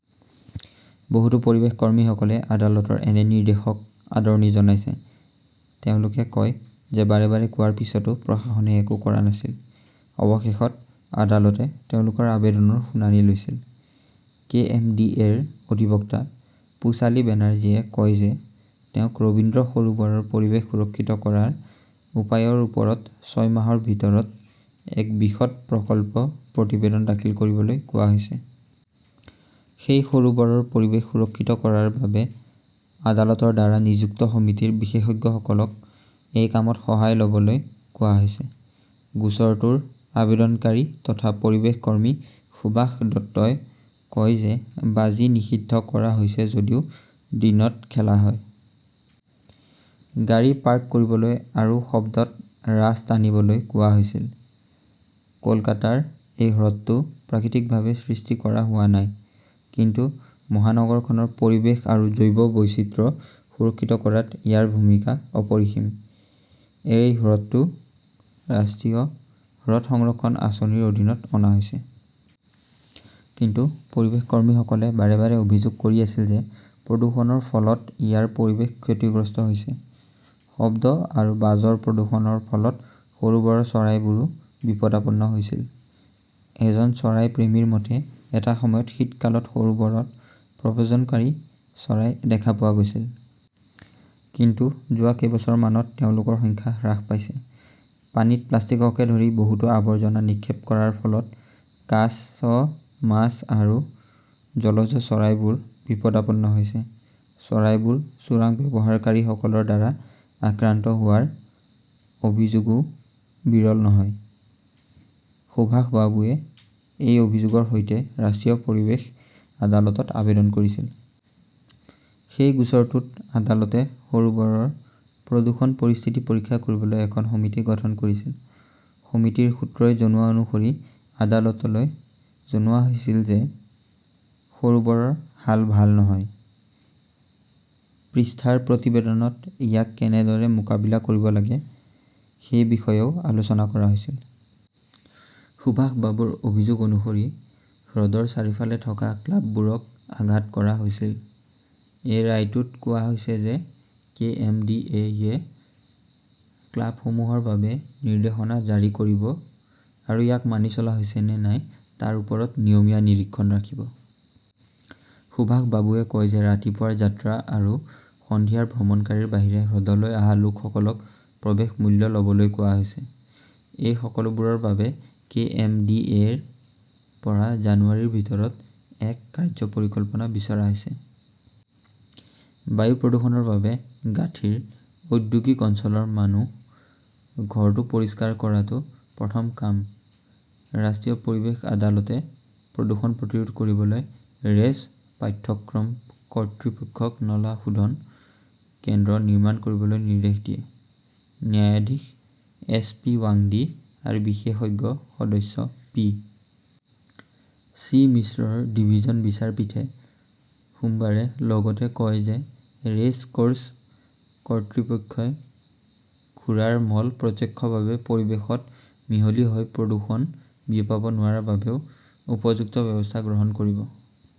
বহুতো পৰিৱেশ কৰ্মীসকলে আদালতৰ এনে নিৰ্দেশক আদৰণি জনাইছে। তেওঁলোকে কয় যে বাৰে বাৰে কোৱাৰ পিছতো প্ৰশাসনে একো কৰা নাছিল। অৱশেষত আদালতে তেওঁলোকৰ আবেদনৰ শুনানি লৈছিল। কে. এম. ডি. এ. -ৰ অধিবক্তা পোচালী বেনাৰ্জীয়ে কয় যে তেওঁক ৰবীন্দ্ৰ সৰোবৰৰ পৰিৱেশ সুৰক্ষিত কৰাৰ উপায়ৰ ওপৰত ছয় মাহৰ ভিতৰত এক বিশদ প্ৰকল্প প্ৰতিবেদন দাখিল কৰিবলৈ কোৱা হৈছে। সেই সৰোবৰৰ পৰিৱেশ সুৰক্ষিত কৰাৰ বাবে আদালতৰ দ্বাৰা নিযুক্ত সমিতিৰ বিশেষজ্ঞসকলক এই কামত সহায় লবলৈ কোৱা হৈছে। গোচৰটোৰ আবেদনকাৰী তথা পৰিৱেশ কৰ্মী সুভাষ দত্তই কয় যে বাজি নিষিদ্ধ কৰা হৈছে যদিও দিনত খেলা হয়। গাড়ী পাৰ্ক কৰিবলৈ আৰু শব্দত ৰাছ টানিবলৈ কোৱা হৈছিল। কলকাতাৰ এই হ্ৰদটো প্ৰাকৃতিকভাৱে সৃষ্টি কৰা হোৱা নাই। কিন্তু মহানগৰখনৰ পৰিৱেশ আৰু জৈৱ বৈচিত্ৰ্য সুৰক্ষিত কৰাত ইয়াৰ ভূমিকা অপৰিসীম। এই হ্ৰদটো ৰাষ্ট্ৰীয় হ্ৰদ সংৰক্ষণ আঁচনিৰ অধীনত অনা হৈছে। কিন্তু পৰিৱেশ কৰ্মীসকলে বাৰে-বাৰে অভিযোগ কৰি আছিল যে প্ৰদূষণৰ ফলত ইয়াৰ পৰিৱেশ ক্ষতিগ্ৰস্ত হৈছে। শব্দ আৰু বাজৰ প্ৰদূষণৰ ফলত সৰোবৰৰ চৰাইবোৰো বিপদাপন্ন হৈছিল। এজন চৰাই প্ৰেমীৰ মতে, এটা সময়ত শীতকালত সৰোবৰত প্ৰব্ৰজনকাৰী চৰাই দেখা পোৱা গৈছিল। কিন্তু যোৱা কেইবছৰমানত তেওঁলোকৰ সংখ্যা হ্ৰাস পাইছে। পানীত প্লাষ্টিককে ধৰি বহুতো আৱৰ্জনা নিক্ষেপ কৰাৰ ফলত কাছ, মাছ আৰু জলজ চৰাইবোৰ বিপদাপন্ন হৈছে। চৰাইবোৰ চোৰাং ব্যৱহাৰকাৰীসকলৰ দ্বাৰা আক্ৰান্ত হোৱাৰ অভিযোগও বিৰল নহয়। সুভাষ বাবুৱে এই অভিযোগৰ সৈতে ৰাষ্ট্ৰীয় পৰিৱেশ আদালতত আবেদন কৰিছিল। সেই গোচৰটোত আদালতে সৰোবৰৰ প্ৰদূষণৰ পৰিস্থিতি পৰীক্ষা কৰিবলৈ এখন সমিতি গঠন কৰিছিল। সমিতিৰ সূত্ৰই জনোৱা অনুসৰি আদালতলৈ জনোৱা হৈছিল যে সৰোবৰৰ হাল ভাল নহয়। পৃষ্ঠাৰ প্ৰতিবেদনত ইয়াক কেনেদৰে মোকাবিলা কৰিব লাগে সেই বিষয়েও আলোচনা কৰা হৈছিল। সুভাষ বাবুৰ অভিযোগ অনুসৰি হ্ৰদৰ চাৰিওফালে থকা ক্লাববোৰক আঘাত কৰা হৈছিল। আজি ৰায়টোত কোৱা হৈছে যে কে. এম. ডি. এ. -য়ে ক্লাবসমূহৰ বাবে নিৰ্দেশনা জাৰি কৰিব আৰু ইয়াক মানি চলা হৈছে নে নাই তাৰ ওপৰত নিয়মীয়া নিৰীক্ষণ ৰাখিব। সুভাষ বাবুৱে কয় যে ৰাতিপুৱাৰ যাত্ৰা আৰু সন্ধিয়াৰ ভ্ৰমণকাৰীৰ বাহিৰে হ্ৰদলৈ অহা লোকসকলক প্ৰৱেশ মূল্য লবলৈ কোৱা হৈছে। এই সকলোবোৰৰ বাবে কে. এম. ডি. এ. -ৰ পৰা জানুৱাৰীৰ ভিতৰত এক 'কাৰ্য্য পৰিকল্পনা বিচাৰা হৈছে। বায়ু প্ৰদূষণৰ বাবে গাঁঠিৰ ঔদ্যোগিক অঞ্চলৰ মানুহ, ঘৰটো পৰিষ্কাৰ কৰাটো প্ৰথম কাম ৰাষ্ট্ৰীয় পৰিৱেশ আদালতে প্ৰদূষণ প্ৰতিৰোধ কৰিবলৈ ৰেচ পাঠ্যক্ৰম কৰ্তৃপক্ষক নলা শোধন কেন্দ্ৰ নিৰ্মাণ কৰিবলৈ নিৰ্দেশ দিয়ে। ন্যায়াধীশ এছ. পি. ৱাংদী আৰু বিশেষজ্ঞ সদস্য পি. চি. মিশ্ৰৰ ডিভিছন বিচাৰপীঠে সোমবাৰে লগতে কয় যে ৰেচ কৰ্চ কৰ্তৃপক্ষই ঘোঁৰাৰ মল প্ৰত্যক্ষভাৱে পৰিৱেশত মিহলি হৈ প্ৰদূষণ বিয়পাব নোৱাৰাৰ বাবেও উপযুক্ত ব্যৱস্থা গ্ৰহণ কৰিব।